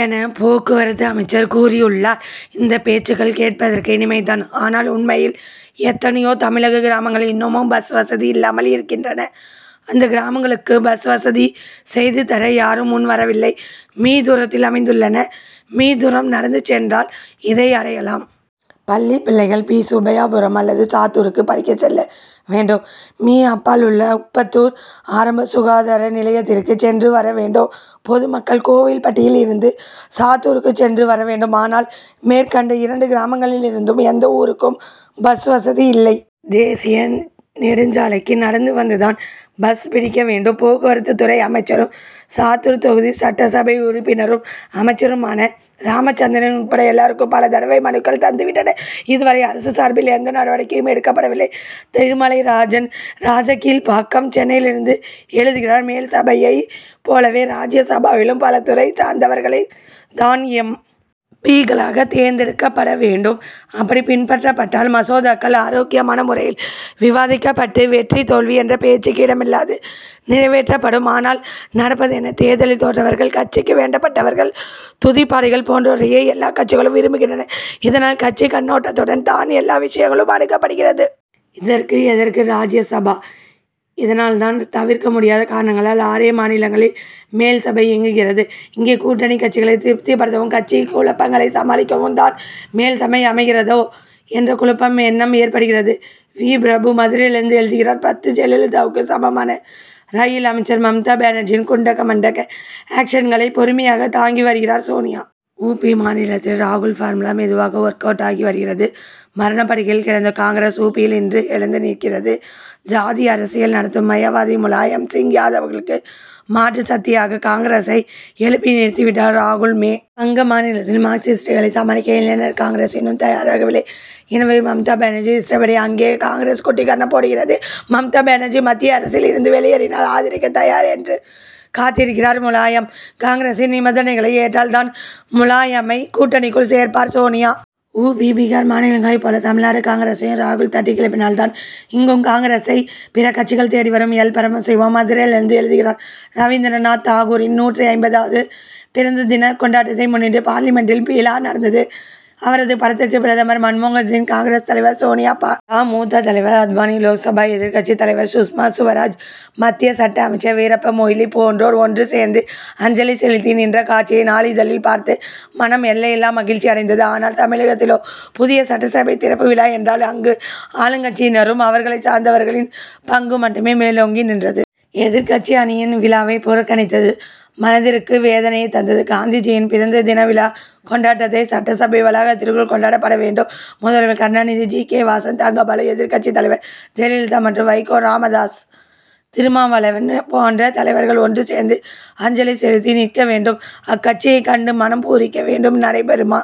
என போக்குவரத்து அமைச்சர் கூறியுள்ளார். இந்த பேச்சுக்கள் கேட்பதற்கு இனிமை தான். ஆனால் உண்மையில் எத்தனையோ தமிழக கிராமங்கள் இன்னமும் பஸ் வசதி இல்லாமல் இருக்கின்றன. அந்த கிராமங்களுக்கு பஸ் வசதி செய்து தர யாரும் முன் வரவில்லை. மீ. தூரத்தில் அமைந்துள்ளன. மீ. தூரம் நடந்து சென்றால் இதை அடையலாம். பள்ளி பிள்ளைகள் பி. சுப்பையாபுரம் அல்லது சாத்தூருக்கு படிக்க செல்ல வேண்டும். மீ. அப்பால் உள்ள உப்பத்தூர் ஆரம்ப சுகாதார நிலையத்திற்கு சென்று வர வேண்டும். பொதுமக்கள் கோவில்பட்டியில் இருந்து சாத்தூருக்கு சென்று வர வேண்டும். ஆனால் மேற்கண்ட இரண்டு கிராமங்களிலிருந்தும் எந்த ஊருக்கும் பஸ் வசதி இல்லை. தேசிய நெடுஞ்சாலைக்கு நடந்து வந்து தான் பஸ் பிடிக்க வேண்டும். போக்குவரத்து துறை அமைச்சரும் சாத்தூர் தொகுதி சட்டசபை உறுப்பினரும் அமைச்சருமான ராமச்சந்திரன் உட்பட எல்லாருக்கும் பல தடவை மனுக்கள் தந்து விட்டனர். இதுவரை அரசு சார்பில் எந்த நடவடிக்கையும் எடுக்கப்படவில்லை. திருமலைராஜன் ராஜகீழ்பாக்கம் சென்னையிலிருந்து எழுதுகிறார் மேல்சபையைப் போலவே ராஜ்யசபாவிலும் பல துறை சார்ந்தவர்களைத் தான் எம். பி.க்களாகத் தேர்ந்தெடுக்க வேண்டும். அப்படி பின்பற்றப்பட்டால் மசோதாக்கள் ஆரோக்கியமான முறையில் விவாதிக்கப்பட்டு வெற்றி தோல்வி என்ற பேச்சுக்கு இடமில்லாது நிறைவேற்றப்படும். ஆனால் நடப்பது என்ன. தேர்தலில் தோற்றவர்கள் கட்சிக்கு வேண்டப்பட்டவர்கள் துதிபாடிகள் போன்றோரையே எல்லா கட்சிகளும் விரும்புகின்றன. இதனால் கட்சிக் கண்ணோட்டத்துடன் தான் எல்லா விஷயங்களும் அணுகப்படுகிறது. இதற்கு எதற்கு ராஜ்யசபா. இதனால் தான் தவிர்க்க முடியாத காரணங்களால் ஆறே மாநிலங்களில் மேல்சபை இயங்குகிறது. இங்கே கூட்டணிக் கட்சிகளை திருப்திப்படுத்தவும் கட்சிக் குழப்பங்களை சமாளிக்கவும் தான் மேல்சபை அமைகிறதோ என்ற எண்ணம் ஏற்படுகிறது. வி. பிரபு மதுரையிலிருந்து எழுதுகிறார் பத்து ஜெயலலிதாவுக்கு சமமான ரயில் அமைச்சர் மம்தா பானர்ஜியின் குண்டக்க மண்டக்க ஆக்ஷன்களை பொறுமையாக தாங்கி வருகிறார் சோனியா. உ. பி. மாநிலத்தில் ராகுல் பார்முலா மெதுவாக ஒர்க் அவுட் ஆகி வருகிறது. மரணப் படுக்கையில் கிடந்த காங்கிரஸ் உ. பி.யில் இன்று எழுந்து நிற்கிறது. ஜாதி அரசியல் நடத்தும் மயாவாதி முலாயம் சிங் யாதவ்களுக்கு மாற்று சக்தியாக காங்கிரசை எழுப்பி நிறுத்திவிட்டார் ராகுல். மே. வங்க மாநிலத்தில் மார்க்சிஸ்ட்டுகளை சமாளிக்க இளைஞர் காங்கிரஸ் இன்னும் தயாராகவில்லை. எனவே மம்தா பானர்ஜி இஷ்டப்படி அங்கே காங்கிரஸ் குட்டிக்கரணம் போடுகிறது. மம்தா பானர்ஜி மத்திய அரசில் இருந்து வெளியேறினால் ஆதரிக்கத் தயார் என்று காத்திருக்கிறார் முலாயம். காங்கிரசின் நிபந்தனைகளை ஏற்றால் தான் முலாயமை கூட்டணிக்குள் சேர்ப்பார் சோனியா. உ. பி. பீகார் மாநிலங்களை போல தமிழ்நாடு காங்கிரசையும் ராகுல் தட்டி கிளப்பினால் தான் இங்கும் காங்கிரசை பிற கட்சிகள் தேடி வரும். எல். பரமசிவம் மதுரையிலிருந்து எழுதுகிறார் ரவிந்திரநாத் தாகூரின் நூற்று ஐம்பதாவது பிறந்த தின கொண்டாட்டத்தை முன்னிட்டு பார்லிமென்டில் பிழா நடந்தது. அவரது படத்துக்கு பிரதமர் மன் மோகன்சிங் காங்கிரஸ் தலைவர் சோனியா பா. ஜ. மூத்த தலைவர் அத்வானி லோக்சபா எதிர்க்கட்சி தலைவர் சுஷ்மா சுவராஜ் மத்திய சட்ட அமைச்சர் வீரப்ப மொய்லி போன்றோர் ஒன்று சேர்ந்து அஞ்சலி செலுத்தி நின்ற காட்சியை நாளிதழில் பார்த்து மனம் எல்லையில்லா மகிழ்ச்சி அடைந்தது. ஆனால் தமிழகத்திலோ புதிய சட்டசபை திறப்பு விழா என்றால் அங்கு ஆளுங்கட்சியினரும் அவர்களைச் சார்ந்தவர்களின் பங்கு மட்டுமே மேலோங்கி நின்றது. எதிர்க்கட்சி அணியின் விழாவை புறக்கணித்தது மனதிற்கு வேதனையைத் தந்தது. காந்திஜியின் பிறந்த தின விழா கொண்டாட்டத்தை சட்டசபை வளாகத்திற்குள் கொண்டாடப்பட வேண்டும். முதல்வர் கருணாநிதி ஜி. கே. வாசன் தங்கபாலு எதிர்க்கட்சி தலைவர் ஜெயலலிதா மற்றும் வைகோ ராமதாஸ் திருமாவளவன் போன்ற தலைவர்கள் ஒன்று சேர்ந்து அஞ்சலி செலுத்தி நிற்க வேண்டும். அக்காட்சியை கண்டு மனம் பூரிக்க வேண்டும். நடைபெறுமா?